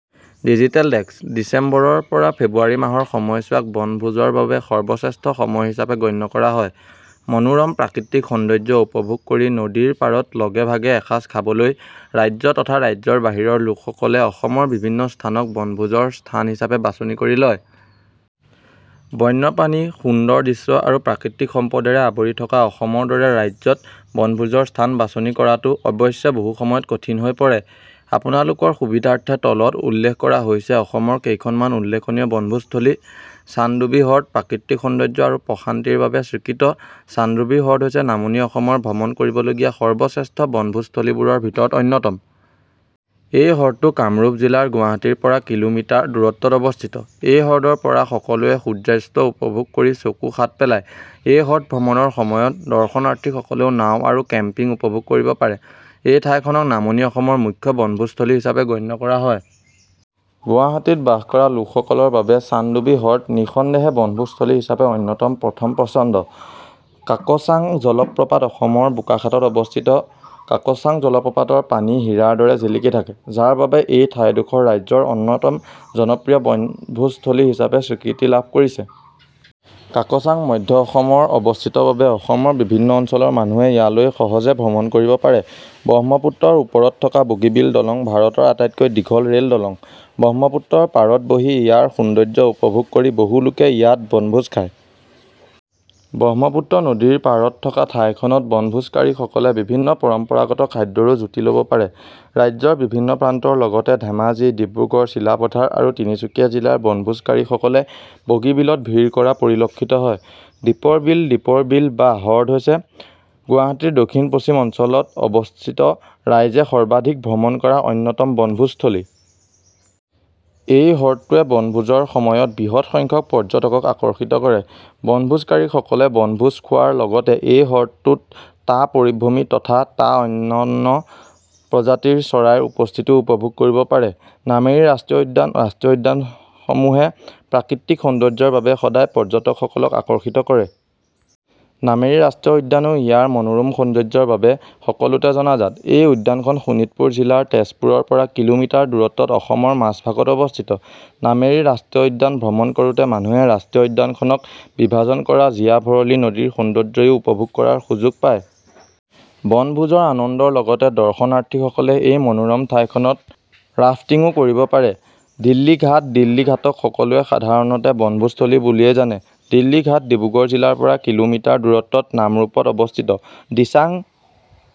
Digital desk: ডিচেম্বৰৰ পৰা ফেব্ৰুৱাৰী মাহৰ সময়ছোৱাক বনভোজৰ বাবে সৰ্বশ্ৰেষ্ঠ সময় হিচাপে গণ্য কৰা হয়। মনোৰম প্ৰাকৃতিক সৌন্দৰ্য উপভোগ কৰি নদীৰ পাৰত লগে-ভাগে এসাজ খাবলৈ ৰাজ্য তথা ৰাজ্যৰ বাহিৰৰ লোকসকলে অসমৰ বিভিন্ন স্থানক বনভোজৰ স্থান হিচাপে বাছনি কৰি লয়। বন্যপ্ৰাণী, সুন্দৰ দৃশ্য আৰু প্ৰাকৃতিক সম্পদেৰে আৱৰি থকা অসমৰ দৰে ৰাজ্যত বনভোজৰ স্থান বাছনি কৰাটো অৱশ্যে বহুসময়ত কঠিন হৈ পৰে। আপোনালোকৰ সুবিধাৰ্থে তলত উল্লেখ কৰা হৈছে অসমৰ কেইখনমান উল্লেখনীয় বনভোজস্থলী- চানডুবি হ্ৰদ প্ৰাকৃতিক সৌন্দৰ্য আৰু প্ৰশান্তিৰ বাবে স্বীকৃত চানডুবি হ্ৰদ হৈছে নামনি অসমৰ ভ্ৰমণ কৰিবলগীয়া সৰ্বশ্ৰেষ্ঠ বনভোজস্থলীবোৰৰ ভিতৰত অন্যতম। এই হ্ৰদটো কামৰূপ জিলাৰ গুৱাহাটীৰ পৰা কিলোমিটাৰ দূৰত্বত অৱস্থিত। এই হ্ৰদৰ পৰা সকলোয়ে সূৰ্যাস্ত উপভোগ কৰি চকু শাত পেলায়। এই হ্ৰদ ভ্ৰমণৰ সময়ত দৰ্শনাৰ্থীসকলে নাও আৰু কেম্পিং উপভোগ কৰিব পাৰে। এই ঠাইখনক নামনি অসমৰ মুখ্য বনভোজস্থলী হিচাপে গণ্য কৰা হয়। গুৱাহাটীত বাস কৰা লোকসকলৰ বাবে চানডুবি হ্ৰদ নি:সন্দেহে বনভোজস্থলী হিচাপে অন্যতম প্ৰথম পছন্দ। কাকচাং জলপ্ৰপাত অসমৰ বোকাখাতত অৱস্থিত কোকাচাং জলপ্ৰপাতৰ পানী হীৰাৰ দৰে জিলিকি থাকে। যাৰ বাবে এই ঠাইডোখৰ ৰাজ্যৰ অন্যতম জনপ্ৰিয় বনভোজস্থলী হিচাপে স্বীকৃতি লাভ কৰিছে। কোকচাং মধ্য অসমৰ অৱস্থিত বাবে অসমৰ বিভিন্ন অঞ্চলৰ মানুহে ইয়ালৈ সহজে ভ্ৰমণ কৰিব পাৰে। ব্ৰহ্মপুত্ৰৰ ওপৰত থকা বগীবিল দলং ভাৰতৰ আটাইতকৈ দীঘল ৰেলদলং। ব্ৰহ্মপুত্ৰৰ পাৰত বহি ইয়াৰ সৌন্দৰ্য উপভোগ কৰি বহু লোকে ইয়াত বনভোজ খায়। ব্ৰহ্মপুত্ৰ নদীৰ পাৰত থকা ঠাইখনত বনভোজকাৰীসকলে বিভিন্ন পৰম্পৰাগত খাদ্যৰো জুতি লব পাৰে। ৰাজ্যৰ বিভিন্ন প্ৰান্তৰ লগতে ধেমাজি, ডিব্ৰুগড়, চিলাপাথৰ আৰু তিনিচুকীয়া জিলাৰ বনভোজকাৰীসকলে বগীবিলত ভিৰ কৰা পৰিলক্ষিত হয়। দীপৰ বিল দীপৰ বিল বা হ্ৰদ হৈছে গুৱাহাটীৰ দক্ষিণ-পশ্চিম অঞ্চলত অৱস্থিত ৰাইজে সৰ্বাধিক ভ্ৰমণ কৰা অন্যতম বনভোজস্থলী। এই হ্ৰদটোৱে বনভোজৰ সময়ত বৃহৎ সংখ্যক পৰ্যটকক আকৰ্ষিত কৰে। বনভোজকাৰীসকলে বনভোজ খোৱাৰ লগতে এই হ্ৰদটোত টা পৰিভ্ৰমী তথা টা অন্যান্য প্ৰজাতিৰ চৰাইৰ উপস্থিতিও উপভোগ কৰিব পাৰে। নামেৰী ৰাষ্ট্ৰীয় উদ্যান ৰাষ্ট্ৰীয় উদ্যানসমূহে প্ৰাকৃতিক সৌন্দৰ্যৰ বাবে সদায় পৰ্যটকসকলক আকৰ্ষিত কৰে। নামেৰী ৰাষ্ট্ৰীয় উদ্যানো ইয়াৰ মনোৰম সৌন্দৰ্যৰ বাবে সকলোতে জনাজাত। এই উদ্যানখন শোণিতপুৰ জিলাৰ তেজপুৰৰ পৰা কিলোমিটাৰ দূৰত্বত অসমৰ মাজভাগত অৱস্থিত। নামেৰী ৰাষ্ট্ৰীয় উদ্যান ভ্ৰমণ কৰোতে মানুহে ৰাষ্ট্ৰীয় উদ্যানখনক বিভাজন কৰা জীয়া ভৰালী নদীৰ সৌন্দৰ্যও উপভোগ কৰাৰ সুযোগ পায়। বনভোজৰ আনন্দৰ লগতে দৰ্শনাৰ্থীসকলে এই মনোৰম ঠাইখনত ৰাফ্টিঙো কৰিব পাৰে। দিল্লী ঘাট দিল্লী ঘাটক সকলোৱে সাধাৰণতে বনভোজস্থলী বুলিয়েই জানে। দিল্লী ঘাট ডিব্ৰুগড় জিলাৰ পৰা কিলোমিটাৰ দূৰত্বত নামৰূপত অৱস্থিত। দিচাং